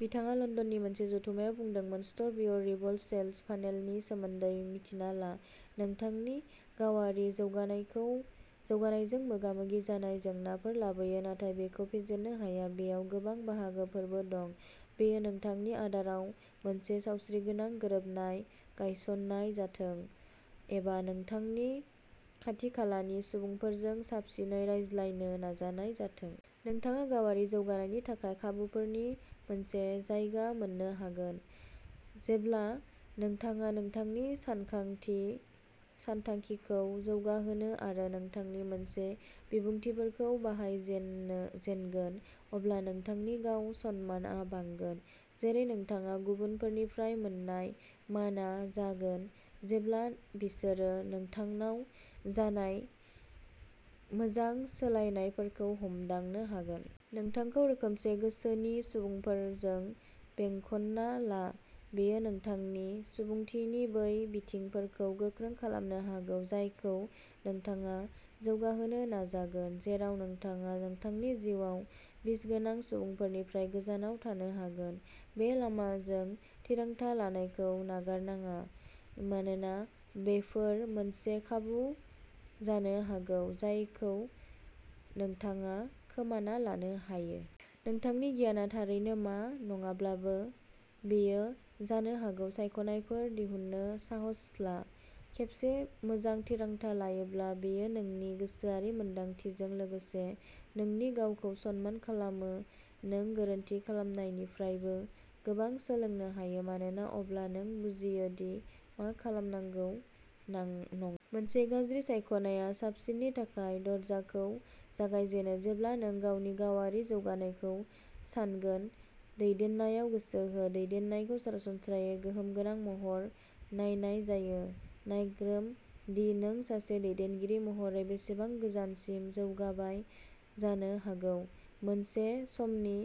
बिथाङा लन्दननि मोनसे जथुम्मायाव बुंदोंमोन। स्टफ योर रिभल्स सेल्स फानेलनि सोमोन्दै मिन्थिना ला। नोंथांनि गावारि जौगानायजों मोगा-मोगि जानाया जेंनाफोर लाबोयो, नाथाय बेखौ फेजेननो हाया। बेयाव गोबां बाहागोफोरबो दं। बेयो नोंथांनि आदाराव मोनसे सावस्रिगोनां गोरोबनाय गायसन्नाय जाथों, एबा नोंथांनि खाथि-खालानि सुबुंफोरजों साबसिनै रायज्लायनो नाजानाय जाथों। नोंथाङा गावारि जौगानायनि थाखाय खाबुफोरनि मोनसे जायगा मोन्नो हागोन। जेब्ला नोंथाङा नोंथांनि सानथांखिखौ जौगाहोगोन आरो नोंथांनि माखासे बिबुंथिफोरखौ बाहायजेनगोन, अब्ला नोंथांनि गाव-सनमानआ बांगोन, जेरै नोंथाङा गुबुनफोरनिफ्राय मोन्नाय मानआ जागोन, जेब्ला बिसोरो नोंथांनाव जानाय मोजां सोलायनायफोरखौ हमदांनो हागोन। नोंथांखौ रोखोमसे गोसोनि सुबुंफोरजों बेंखनना ला। बेयो नोंथांनि सुबुंथिनि बै बिथिंफोरखौ गोख्रों खालामनो हागौ जायखौ नोंथाङा जौगाहोनो नाजागोन, जेराव नोंथाङा नोंथांनि जिउआव बिसगोनां सुबुंफोरनिफ्राय गोजानाव थानो हागोन। बे लामाजों थिरांथा लानायखौ नागारनाङा, मानोना बेफोर मोनसे खाबु जानो हागौ जायखौ नोंथाङा खोमाना लानो हायो। नोंथांनि गियानआ थारैनो मा नङाब्लाबो। बेयो जानो हागौ, सायख'नायफोर दिहुननो साहस ला। खेबसे मोजां थिरांथा लायोब्ला, बेयो नोंनि गोसोआरि मोनदांथिजों लोगोसे नोंनि गावखौ सनमान खालामो। नों गोरोन्थि खालामनायनिफ्रायबो गोबां सोलोंनो हायो मानोना अब्ला नों बुजियो दि मा खालामनांगौ नां नं। मोनसे गाज्रि सायख'नाया साबसिननि थाखाय दरजाखौ जागायगोन। जेब्ला नों गावनि गावारि जौगानायखौ सानगोन, दैदेननायाव गोसो हो। दैदेननायखौ सरासनस्रायै गोहोम गोनां महर नायनाय जायो। नायग्रोम दि नों सासे दैदेनगिरि महरै बेसेबां गोजानसिम जौगाबाय जानो हागौ मोनसे समनि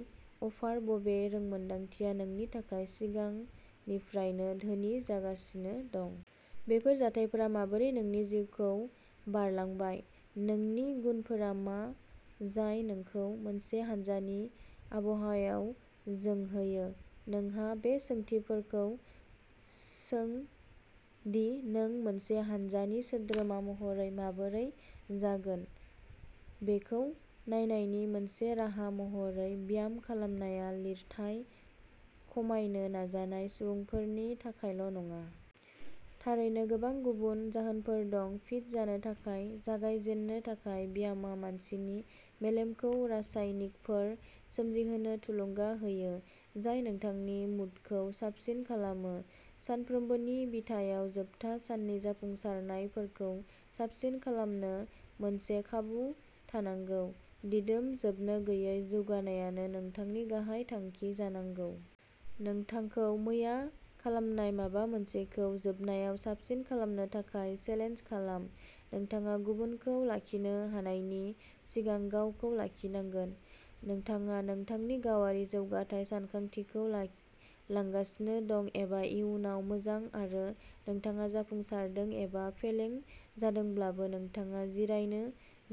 अफार बबे रोंमोनदांथिया नोंनि थाखाय सिगांनिफ्रायनो धोनि जागासिनो दं? बेफोर जाथायफोरा माबोरै नोंनि जिउखौ बारलांबाय? नोंनि गुनफोरा मा जाय नोंखौ मोनसे हानजानि आबहावायाव जोंहोयो? नोंहा बे सोंथिफोरखौ सों दि नों मोनसे हानजानि सोद्रोमा महरै माबोरै जागोन बेखौ नायनायनि मोनसे राहा महरै। ब्याम खालामनाया लिरथाय खमायनो नाजानाय सुबुंफोरनि थाखायल' नङा। थारैनो, गोबां गुबुन जाहोनफोर दं। फिट जानो थाखाय। जागायजेननो थाखाय, ब्यामआ मानसिनि मेलेमखौ रासायनिकफोर सोमजिहोनो थुलुंगा होयो जाय नोंथांनि मुडखौ साबसिन खालामो। सानफ्रोमबोनि बिथायाव जोबथा साननि जाफुंसारनायफोरखौ साबसिन खालामनो मोनसे खाबु थानांगौ। दिदोम, जोबनो गैयै जौगानायानो नोंथांनि गाहाय थांखि जानांगौ। नोंथांखौ मैया खालामनाय माबा मोनसेखौ जोबनायाव साबसिन खालामनो थाखाय चेलेन्ज खालाम। नोंथाङा गुबुनफोरखौ लाखिनो हानायनि सिगां गावखौ लाखिनांगोन। नोंथाङा नोंथांनि गावारि जौगाथाय सानथांखिखौ लाख लांगासिनो दं एबा इयुनाव मोजां आरो नोंथाङा जाफुंसारदों एबा फेलें जादोंब्लाबो, नोंथाङा जिरायनो,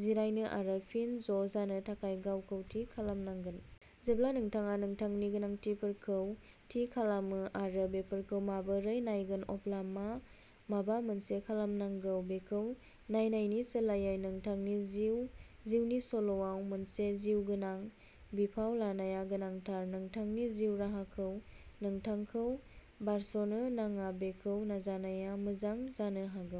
जिरायनो आरो फिन ज'जानो थाखाय गावखौ थि खालामनांगोन। जेब्ला नोंथाङा नोंथांनि गोनांथिफोरखौ थि खालामो आरो बेफोरखौ माबोरै नायगोन, अब्ला माबा मोनसे खालामनांगौ। बेखौ नायनायनि सोलायै, नोंथांनि जिउ जिउनि सल'आव मोनसे जिउगोनां बिफाव लानाया गोनांथार। नोंथांनि जिउ राहाखौ नोंथांखौ बारस'नो नाङा, बेखौ नाजानाया मोजां जानो हागौ।